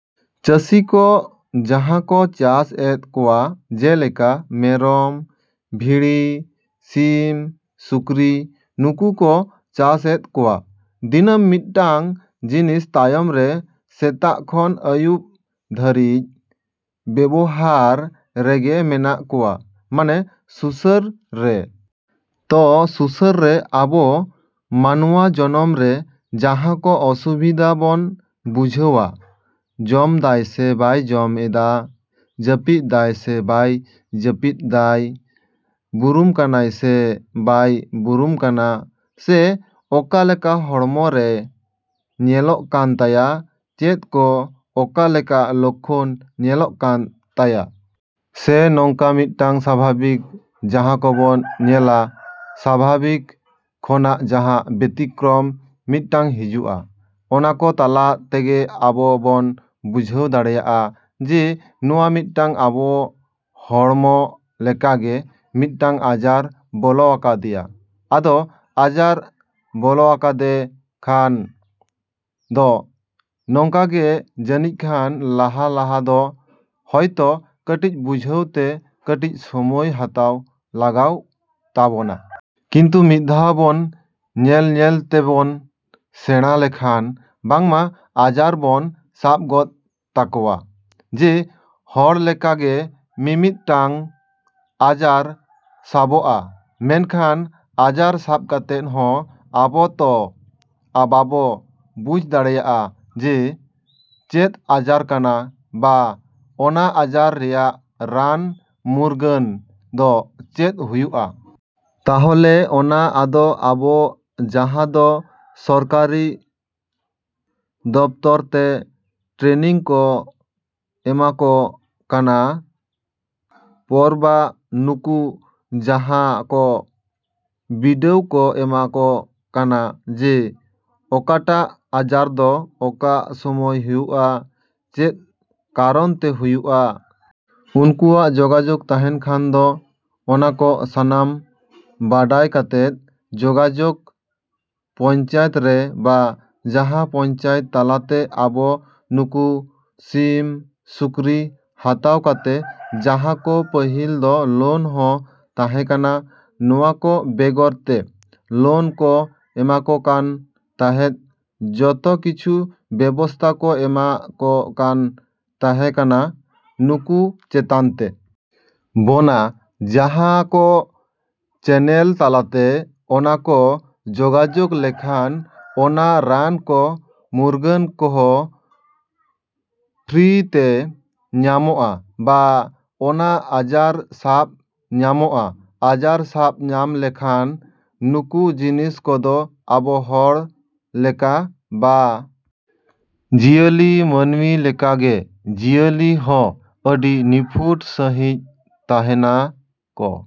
ᱪᱟᱹᱥᱤ ᱠᱚ ᱡᱟᱦᱟᱸ ᱠᱚ ᱪᱟᱥ ᱮᱫ ᱠᱚᱣᱟ ᱡᱮᱞᱮᱠᱟ ᱢᱮᱨᱚᱢ, ᱵᱷᱤᱲᱤ, ᱥᱤᱢ, ᱥᱩᱠᱨᱤ ᱱᱩᱠᱩ ᱠᱚ ᱪᱟᱥ ᱮᱫ ᱠᱚᱣᱟ᱾ ᱫᱤᱱᱟᱹᱢ ᱢᱤᱫᱴᱟᱝ ᱡᱤᱱᱤᱥ ᱛᱟᱭᱚᱢ ᱨᱮ ᱥᱮᱛᱟᱜ ᱠᱷᱚᱱ ᱟᱹᱭᱩᱵᱽ ᱫᱷᱟᱹᱨᱤᱡ ᱵᱮᱵᱚᱦᱟᱨ ᱨᱮᱜᱮ ᱢᱮᱱᱟᱜ ᱠᱚᱣᱟ, ᱢᱟᱱᱮ ᱥᱩᱥᱟᱹᱨ ᱨᱮ᱾ ᱛᱚ, ᱥᱩᱥᱟᱹᱨ ᱨᱮ ᱟᱵᱚ ᱢᱟᱱᱣᱟ ᱡᱚᱱᱚᱢ ᱨᱮ ᱡᱟᱦᱟᱸ ᱠᱚ ᱚᱥᱩᱵᱤᱫᱷᱟ ᱵᱚᱱ ᱵᱩᱡᱷᱟᱹᱣᱟ ᱡᱚᱢ ᱫᱟᱭ ᱥᱮ ᱵᱟᱭ ᱡᱚᱢ ᱮᱫᱟ, ᱡᱟᱹᱯᱤᱫ ᱫᱟᱭ ᱥᱮ ᱵᱟᱭ ᱡᱟᱹᱯᱤᱫ ᱫᱟᱭ, ᱵᱩᱨᱩᱢ ᱠᱟᱱᱟᱭ ᱥᱮ ᱵᱟᱭ ᱵᱩᱨᱩᱢ ᱠᱟᱱᱟ? ᱥᱮ ᱚᱠᱟᱞᱮᱠᱟ ᱦᱚᱲᱢᱚ ᱨᱮ ᱧᱮᱞᱚᱜ ᱠᱟᱱ ᱛᱟᱭᱟ, ᱪᱮᱫ ᱠᱚ ᱚᱠᱟᱞᱮᱠᱟ ᱞᱚᱠᱠᱷᱚᱱ ᱧᱮᱞᱚᱜ ᱠᱟᱱ ᱛᱟᱭᱟ? ᱥᱮ ᱱᱚᱝᱠᱟ ᱢᱤᱫᱴᱮᱱ ᱥᱟᱵᱷᱟᱵᱤᱠ ᱡᱟᱦᱟᱸ ᱠᱚᱵᱚᱱ ᱧᱮᱞᱟ ᱥᱟᱵᱷᱟᱵᱤᱠ ᱠᱷᱚᱱᱟᱜ ᱡᱟᱦᱟᱸ ᱵᱮᱛᱤᱠᱠᱨᱚᱢ ᱢᱤᱫᱴᱟᱝ ᱦᱤᱡᱩᱜᱼᱟ, ᱚᱱᱟ ᱠᱚ ᱛᱟᱞᱟ ᱛᱮᱜᱮ ᱟᱵᱚ ᱵᱚᱱ ᱵᱩᱡᱷ ᱫᱟᱲᱮᱭᱟᱜᱼᱟ ᱡᱮ ᱱᱚᱣᱟ ᱢᱤᱫᱴᱟᱝ ᱟᱵᱚ ᱦᱚᱲ ᱞᱮᱠᱟᱜᱮ ᱢᱤᱫᱴᱟᱝ ᱟᱡᱟᱨ ᱵᱚᱞᱚᱣᱟᱠᱟᱫᱮᱭᱟ᱾ ᱟᱫᱚ ᱟᱡᱟᱨ ᱵᱚᱞᱚᱣᱟᱫᱮ ᱠᱷᱟᱱ ᱫᱚ ᱱᱚᱝᱠᱟ ᱜᱮ ᱡᱟᱹᱱᱤᱡᱠᱷᱟᱱ ᱞᱟᱦᱟ ᱞᱟᱦᱟ ᱫᱚ ᱦᱚᱭᱛᱳ ᱠᱟᱹᱴᱤᱡ ᱵᱩᱡᱷᱟᱹᱣ ᱛᱮ ᱠᱟᱹᱴᱤᱡ ᱥᱚᱢᱚᱭ ᱦᱟᱛᱟᱣ ᱞᱟᱜᱟᱣ ᱛᱟᱵᱚᱱᱟ᱾ ᱠᱤᱱᱛᱩ ᱢᱤᱫ ᱫᱷᱟᱣ ᱵᱚᱱ ᱧᱮᱞ ᱧᱮᱞ ᱛᱮᱵᱚᱱ ᱥᱮᱬᱟ ᱞᱮᱠᱷᱟᱱ ᱵᱟᱝᱢᱟ ᱟᱡᱟᱨ ᱵᱚᱱ ᱥᱟᱵ ᱜᱚᱫ ᱛᱟᱠᱚᱣᱟ᱾ ᱡᱮ ᱦᱚᱲ ᱞᱮᱠᱟ ᱜᱮ ᱢᱤᱫᱼᱢᱤᱫᱴᱟᱝ ᱟᱡᱟᱨ ᱥᱟᱵᱚᱜᱼᱟ᱾ ᱢᱮᱱᱠᱷᱟᱱ ᱟᱡᱟᱨ ᱥᱟᱵ ᱠᱟᱛᱮᱫ ᱦᱚᱸ ᱟᱵᱚ ᱛᱚ ᱵᱟᱵᱚ ᱵᱩᱡᱷ ᱫᱟᱲᱮᱭᱟᱜᱼᱟ ᱡᱮ ᱪᱮᱫ ᱟᱡᱟᱨ ᱠᱟᱱᱟ ᱵᱟ ᱚᱱᱟ ᱟᱡᱟᱨ ᱨᱮᱭᱟᱜ ᱨᱟᱱ ᱢᱩᱨᱜᱟᱹᱱ ᱫᱚ ᱪᱮᱫ ᱦᱩᱭᱩᱜᱼᱟ? ᱛᱟᱦᱚᱞᱮ ᱚᱱᱟ ᱟᱫᱚ ᱟᱵᱚ ᱡᱟᱦᱟᱸ ᱫᱚ ᱥᱚᱨᱠᱟᱨᱤ ᱫᱚᱯᱛᱚᱨ ᱛᱮ ᱴᱨᱮᱱᱤᱝ ᱠᱚ ᱮᱢᱟ ᱠᱚ ᱠᱟᱱᱟ ᱯᱚᱨᱵᱟ ᱱᱩᱠᱩ ᱡᱟᱦᱟᱸ ᱠᱚ ᱵᱤᱰᱟᱹᱣ ᱠᱚ ᱮᱢᱟ ᱠᱚ ᱠᱟᱱᱟ, ᱡᱮ ᱚᱠᱟᱴᱟᱜ ᱟᱡᱟᱨ ᱫᱚ ᱚᱠᱟ ᱥᱚᱢᱚᱭ ᱦᱩᱭᱩᱜᱼᱟ, ᱪᱮᱫ ᱠᱟᱨᱚᱱ ᱛᱮ ᱦᱩᱭᱩᱜᱼᱟ? ᱩᱱᱠᱩᱣᱟᱜ ᱡᱳᱜᱟᱡᱳᱜᱽ ᱛᱟᱦᱮᱱ ᱠᱷᱟᱱ ᱫᱚ ᱚᱱᱟ ᱠᱚ ᱥᱟᱱᱟᱢ ᱵᱟᱰᱟᱭ ᱠᱟᱛᱮᱫ ᱡᱳᱜᱟᱡᱳᱜᱽ ᱯᱚᱧᱪᱟᱭᱮᱛ ᱨᱮ ᱵᱟ ᱡᱟᱦᱟᱸ ᱯᱚᱧᱪᱟᱭᱮᱛ ᱛᱟᱞᱟᱛᱮ ᱟᱵᱚ ᱱᱩᱠᱩ ᱥᱤᱢ, ᱥᱩᱠᱨᱤ ᱦᱟᱛᱟᱣ ᱠᱟᱛᱮ ᱡᱟᱦᱟᱸ ᱠᱚ, ᱯᱟᱹᱦᱤᱞ ᱫᱚ ᱞᱳᱱ ᱦᱚᱸ ᱛᱟᱦᱮᱸ ᱠᱟᱱᱟ ᱱᱚᱣᱟ ᱠᱚ ᱵᱮᱜᱚᱨ ᱛᱮ, ᱞᱳᱱ ᱠᱚ ᱮᱢᱟᱠᱚ ᱠᱟᱱ ᱛᱟᱦᱮᱸᱫ, ᱡᱚᱛᱚ ᱠᱤᱪᱷᱩ ᱵᱮᱵᱚᱥᱛᱟ ᱠᱚ ᱮᱢᱟ ᱠᱚ ᱠᱟᱱ ᱛᱟᱦᱮᱸᱠᱟᱱᱟ ᱱᱩᱠᱩ ᱪᱮᱛᱟᱱ ᱛᱮ᱾ ᱵᱚᱱᱟ, ᱡᱟᱦᱟᱸ ᱠᱚ ᱪᱮᱱᱮᱞ ᱛᱟᱞᱟᱛᱮ ᱚᱱᱟ ᱠᱚ ᱡᱳᱜᱟᱡᱳᱜᱽ ᱞᱮᱠᱷᱟᱱ ᱚᱱᱟ ᱨᱟᱱ ᱠᱚ ᱢᱩᱨᱜᱟᱹᱱ ᱠᱚᱦᱚᱸ ᱯᱷᱨᱤ ᱛᱮ ᱧᱟᱢᱚᱜᱼᱟ, ᱵᱟ ᱚᱱᱟ ᱟᱡᱟᱨ ᱥᱟᱵ ᱧᱟᱢᱚᱜᱼᱟ, ᱟᱡᱟᱨ ᱥᱟᱵ ᱧᱟᱢ ᱞᱮᱠᱷᱟᱱ ᱱᱩᱠᱩ ᱡᱤᱱᱤᱥ ᱠᱚᱫᱚ ᱟᱵᱚ ᱦᱚᱲ ᱞᱮᱠᱟ ᱵᱟ ᱡᱤᱭᱟᱹᱞᱤ ᱢᱟᱹᱱᱢᱤ ᱞᱮᱠᱟᱜᱮ ᱡᱤᱭᱟᱹᱞᱤ ᱦᱚᱸ ᱟᱹᱰᱤ ᱱᱤᱯᱷᱩᱴ ᱥᱟᱺᱦᱤᱡ ᱛᱟᱸᱦᱮᱱᱟ ᱠᱚ